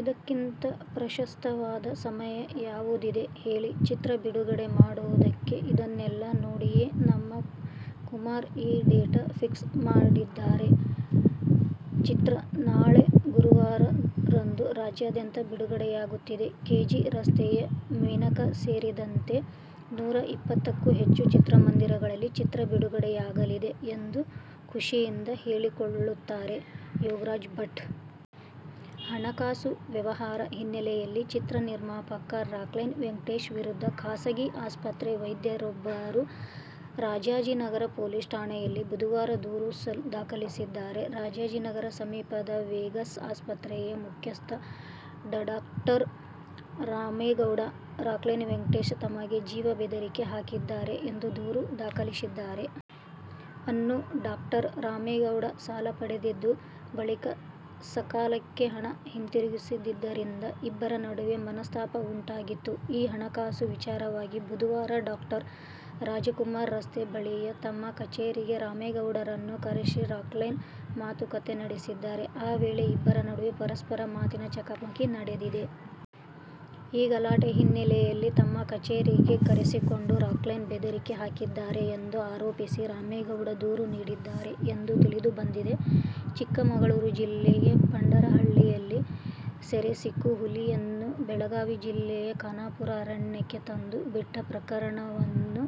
ಇದಕ್ಕಿಂತ ಪ್ರಶಸ್ತವಾದ ಸಮಯ ಯಾವುದಿದೆ ಹೇಳಿ ಚಿತ್ರ ಬಿಡುಗಡೆ ಮಾಡುವುದಕ್ಕೆ. "ಇದನ್ನೆಲ್ಲಾ ನೋಡಿಯೇ ನಮ್ಮ ಕುಮಾರ್ ಈ ಡೇಟ್ ಫಿಕ್ಸ್ ಮಾಡಿದ್ದಾರೆ. ಚಿತ್ರ ನಾಳೆ ಗುರುವಾರ ರಂದು ರಾಜ್ಯದ್ಯಂತ ಬಿಡುಗಡೆಯಾಗುತ್ತಿದೆ. ಕೆ. ಜಿ. ರಸ್ತೆಯ ಮೇನಕಾ ಸೇರಿದಂತೆ ನೂರ ಇಪ್ಪತ್ತಕ್ಕೂ ಹೆಚ್ಚು ಚಿತ್ರಮಂದಿರಗಳಲ್ಲಿ ಚಿತ್ರ ಬಿಡಗುಡೆಯಾಗಲಿದೆ' ಎಂದು ಖುಷಿಯಿಂದ ಹೇಳಿಕೊಳ್ಳುತ್ತಾರೆ ಯೋಗರಾಜ್ ಭಟ್. ಹಣಕಾಸು ವ್ಯವಹಾರ ಹಿನ್ನೆಲೆಯಲ್ಲಿ ಚಿತ್ರ ನಿರ್ಮಾಪಕ ರಾಕ್ಲೈನ್ ವೆಂಕಟೇಶ್ ವಿರುದ್ಧ ಖಾಸಗಿ ಆಸ್ಪತ್ರೆ ವೈದ್ಯರೊಬ್ಬರು ರಾಜಾಜಿನಗರ ಪೊಲೀಸ್ ಠಾಣೆಯಲ್ಲಿ ಬುಧವಾರ ದೂರು ದಾಖಲಿಸಿದ್ದಾರೆ. ರಾಜಾಜಿನಗರ ಸಮೀಪದ ವೆಗಸ್ ಆಸ್ಪತ್ರೆಯ ಮುಖ್ಯಸ್ಥ ಡಡಾಕ್ಟರ್ ರಾಮೇಗೌಡ, ರಾಕ್ಲೈನ್ ವೆಂಕಟೇಶ್ ತಮಗೆ ಜೀವ ಬೆದರಿಕೆ ಹಾಕಿದ್ದಾರೆ ಎಂದು ದೂರು ದಾಖಲಿಸಿದ್ದಾರೆ. ಅನ್ನು ಡಾಕ್ಟರ್. ರಾಮೇಗೌಡ ಸಾಲ ಪಡೆದಿದ್ದು, ಬಳಿಕ ಸಕಾಲಕ್ಕೆ ಹಣ ಹಿಂತಿರುಗಿಸದಿದ್ದರಿಂದ ಇಬ್ಬರ ನಡುವೆ ಮನಸ್ತಾಪ ಉಂಟಾಗಿತ್ತು. ಈ ಹಣಕಾಸು ವಿಚಾರವಾಗಿ ಬುಧವಾರ ಡಾಕ್ಟರ್ ರಾಜ್ ಕುಮಾರ್ ರಸ್ತೆ ಬಳಿಯ ತಮ್ಮ ಕಚೇರಿಗೆ ರಾಮೇಗೌಡರನ್ನು ಕರೆಸಿ ರಾಕ್ಲೈನ್ ಮಾತುಕತೆ ನಡೆಸಿದ್ದಾರೆ. ಆ ವೇಳೆ ಇಬ್ಬರ ನಡುವೆ ಪರಸ್ಪರ ಮಾತಿನ ಚಕಮಕಿ ನಡೆದಿದೆ. ಈ ಗಲಾಟೆ ಹಿನ್ನೆಲೆಯಲ್ಲಿ ತಮ್ಮ ಕಚೇರಿಗೆ ಕರೆಸಿಕೊಂಡು ರಾಕ್ಲೈನ್ ಬೆದರಿಕೆ ಹಾಕಿದ್ದಾರೆ ಎಂದು ಆರೋಪಿಸಿ ರಾಮೇಗೌಡ ದೂರು ನೀಡಿದ್ದಾರೆ ಎಂದು ತಿಳಿದು ಬಂದಿದೆ. ಚಿಕ್ಕಮಗಳೂರು ಜಿಲ್ಲೆಯ ಪಂಡರವಳ್ಳಿಯಲ್ಲಿ ಸೆರೆ ಸಿಕ್ಕ ಹುಲಿಯನ್ನು ಬೆಳಗಾವಿ ಜಿಲ್ಲೆಯ ಖಾನಾಪುರ ಅರಣ್ಯಕ್ಕೆ ತಂದು ಬಿಟ್ಟ ಪ್ರಕರಣಕ್ಕೆ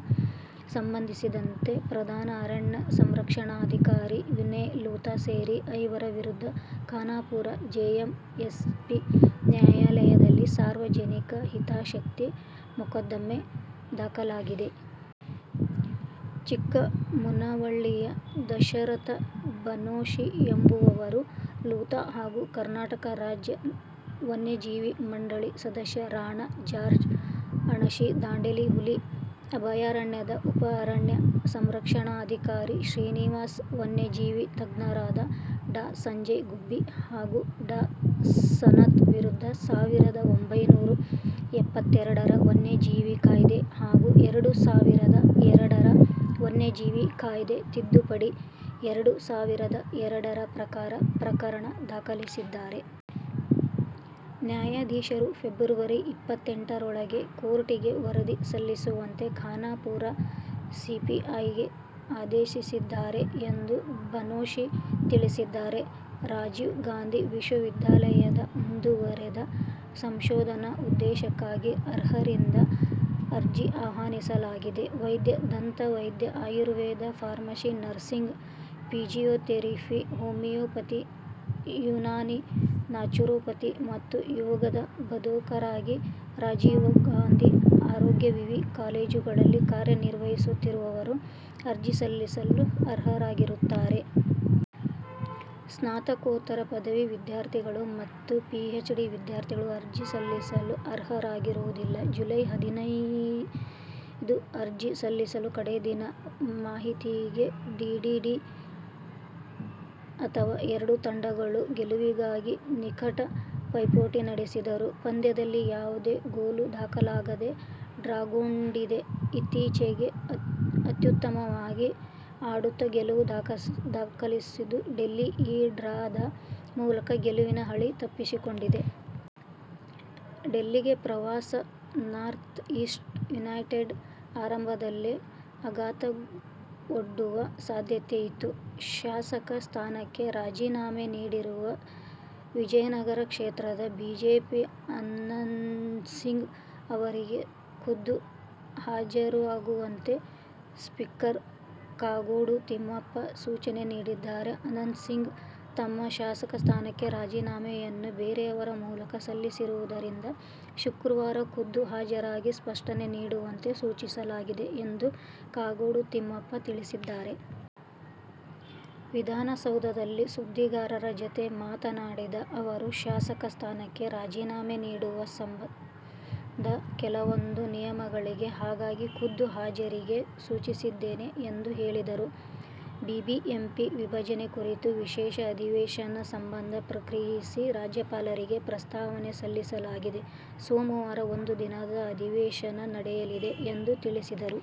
ಸಂಬಂಧಿಸಿದಂತೆ ಪ್ರಧಾನ ಅರಣ್ಯ ಸಂರಕ್ಷಣಾಧಿಕಾರಿ ವಿನಯ ಲೂಥಾ ಸೇರಿ ಐವರ ವಿರುದ್ಧ ಖಾನಾಪುರ ಜೆಎಂಎಫ್ಸಿ ನ್ಯಾಯಾಲಯದಲ್ಲಿ ಸಾರ್ವಜನಿಕ ಹಿತಾಸಕ್ತಿ ಮೊಕದ್ದಮೆ ದಾಖಲಾಗಿದೆ. ಚಿಕ್ಕಮುನವಳ್ಳಿಯ ದಶರಥ ಬನೋಶಿ ಎಂಬುವವರು, ಲೂಥಾ ಹಾಗೂ ಕರ್ನಾಟಕ ರಾಜ್ಯ ವನ್ಯಜೀವಿ ಮಂಡಳಿ ಸದಸ್ಯ ರಾಣಾ ಜಾರ್ಜ್, ಅಣಶಿ-ದಾಂಡೇಲಿ ಹುಲಿ ಅಭಯಾರಣ್ಯದ ಉಪ ಅರಣ್ಯ ಸಂರಕ್ಷಣಾಧಿಕಾರಿ ಶ್ರೀನಿವಾಸ, ವನ್ಯಜೀವಿ ತಜ್ಞರಾದ ಡಾ ಸಂಜಯ ಗುಬ್ಬಿ ಹಾಗೂ ಡಾ ಸನತ್ ವಿರುದ್ಧ ಸಾವಿರದ ಒಂಬೈನೂರ ಎಪ್ಪತ್ತೆರಡರ ವನ್ಯಜೀವಿ ಕಾಯ್ದೆ ಹಾಗೂ ಎರಡು ಸಾವಿರದ ಎರಡರ ವನ್ಯಜೀವಿ ಕಾಯ್ದೆ ತಿದ್ದುಪಡಿ ಎರಡು ಸಾವಿರದ ಎರಡರ ಪ್ರಕಾರ ಪ್ರಕರಣ ದಾಖಲಿಸಿದ್ದಾರೆ. ನ್ಯಾಯಾಧೀಶರು ಫೆಬ್ರವರಿ ಇಪ್ಪತ್ತೆಂಟರೊಳಗೆ ಕೋರ್ಟಿಗೆ ವರದಿ ಸಲ್ಲಿಸುವಂತೆ ಖಾನಾಪುರ ಸಿಪಿಐಗೆ ಆದೇಶಿಸಿದ್ದಾರೆ ಎಂದು ಬನೋಶಿ ತಿಳಿಸಿದ್ದಾರೆ. ರಾಜೀವ್ ಗಾಂಧಿ ವಿಶ್ವವಿದ್ಯಾನಿಲಯದ ಮುಂದುವರೆದ ಸಂಶೋಧನಾ ಉದ್ದೇಶಕ್ಕಾಗಿ ಅರ್ಹರಿಂದ ಅರ್ಜಿ ಆಹ್ವಾನಿಸಲಾಗಿದೆ. ವೈದ್ಯ, ದಂತ ವೈದ್ಯ, Ayurveda, pharmacy, nursing, physiotherapy, homeopathy, Unani, naturopathy ಮತ್ತು ಯೋಗದ ಬೋಧಕರಾಗಿ ರಾಜೀವ್ಗಾಂಧಿ ಆರೋಗ್ಯ ವಿವಿ ಕಾಲೇಜುಗಳಲ್ಲಿ ಕಾರ್ಯನಿರ್ವಹಿಸುತ್ತಿರುವರು ಅರ್ಜಿ ಸಲ್ಲಿಸಲು ಅರ್ಹರಾಗಿರುತ್ತಾರೆ. ಸ್ನಾತಕೋತ್ತರ ಪದವಿ ವಿದ್ಯಾರ್ಥಿಗಳು ಮತ್ತು ಪಿಎಚ್ಡಿ ವಿದ್ಯಾರ್ಥಿಗಳು ಅರ್ಜಿ ಸಲ್ಲಿಸಲು ಅರ್ಹರಾಗಿರುವುದಿಲ್ಲ. ಜುಲೈ ಹದಿನೈದು ಅರ್ಜಿ ಸಲ್ಲಿಸಲು ಕಡೆ ದಿನ. ಮಾಹಿತಿಗೆ ಡಿಡಿಡಿಅಥವಾ. ಎರಡೂ ತಂಡಗಳು ಗೆಲುವಿಗಾಗಿ ನಿಕಟ ಪೈಪೋಟಿ ನಡೆಸಿದರೂ ಪಂದ್ಯದಲ್ಲಿ ಯಾವುದೇ ಗೋಲು ದಾಖಲಾಗದೆ ಡ್ರಾಗೊಂಡಿದೆ. ಇತ್ತೀಚೆಗೆ ಅತ್ಯುತ್ತಮವಾಗಿ ಆಡುತ್ತ ಗೆಲುವು ದಾಖಲಿಸುತ್ತಿದ್ದ ಡೆಲ್ಲಿ ಈ ಡ್ರಾದ ಮೂಲಕ ಗೆಲುವಿನ ಹಳಿ ತಪ್ಪಿಸಿಕೊಂಡಿದೆ. ಡೆಲ್ಲಿಗೆ ಪ್ರವಾಸಿ ನಾರ್ಥ್ ಈಸ್ಟ್ ಯುನೈಟೆಡ್ ಆರಂಭದಲ್ಲೇ ಆಘಾತವೊಡ್ಡುವ ಸಾಧ್ಯತೆಯಿತ್ತು. ಶಾಸಕ ಸ್ಥಾನಕ್ಕೆ ರಾಜೀನಾಮೆ ನೀಡಿರುವ ವಿಜಯನಗರ ಕ್ಷೇತ್ರದ ಬಿಜೆಪಿ ಆನಂದ್ಸಿಂಗ್ ಅವರಿಗೆ ಖುದ್ದು ಹಾಜರಾಗುವಂತೆ ಸ್ಪೀಕರ್ ಕಾಗೋಡು ತಿಮ್ಮಪ್ಪ ಸೂಚನೆ ನೀಡಿದ್ದಾರೆ. ಆನಂದ್ಸಿಂಗ್ ತಮ್ಮ ಶಾಸಕ ಸ್ಥಾನಕ್ಕೆ ರಾಜೀನಾಮೆಯನ್ನು ಬೇರೆಯವರ ಮೂಲಕ ಸಲ್ಲಿಸಿರುವುದರಿಂದ ಶುಕ್ರವಾರ ಖುದ್ದು ಹಾಜರಾಗಿ ಸ್ಪಷ್ಟನೆ ನೀಡುವಂತೆ ಸೂಚಿಸಲಾಗಿದೆ ಎಂದು ಕಾಗೋಡು ತಿಮ್ಮಪ್ಪ ತಿಳಿಸಿದ್ದಾರೆ. ವಿಧಾನಸೌಧದಲ್ಲಿ ಸುದ್ದಿಗಾರರ ಜತೆ ಮಾತನಾಡಿದ ಅವರು, ಶಾಸಕ ಸ್ಥಾನಕ್ಕೆ ರಾಜೀನಾಮೆ ನೀಡುವ ಸಂಬಂಧ ಕೆಲವೊಂದು ನಿಯಮಗಳಿವೆ. ಹಾಗಾಗಿ, ಖುದ್ದು ಹಾಜರಿಗೆ ಸೂಚಿಸಿದ್ದೇನೆ ಎಂದು ಹೇಳಿದರು. ಬಿಬಿಎಂಪಿ ವಿಭಜನೆ ಕುರಿತು ವಿಶೇಷ ಅಧಿವೇಶನ ಸಂಬಂಧ ಪ್ರತಿಕ್ರಿಯಿಸಿ, ರಾಜ್ಯಪಾಲರಿಗೆ ಪ್ರಸ್ತಾವನೆ ಸಲ್ಲಿಸಲಾಗಿದೆ. ಸೋಮವಾರ ಒಂದು ದಿನದ ಅಧಿವೇಶನ ನಡೆಯಲಿದೆ ಎಂದು ತಿಳಿಸಿದರು.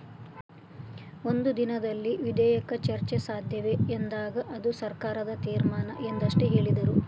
ಒಂದು ದಿನದಲ್ಲಿ ವಿಧೇಯಕ ಚರ್ಚೆ ಸಾಧ್ಯವೇ ಎಂದಾಗ, ಅದು ಸರ್ಕಾರದ ತೀರ್ಮಾನ ಎಂದಷ್ಟೇ ಹೇಳಿದರು.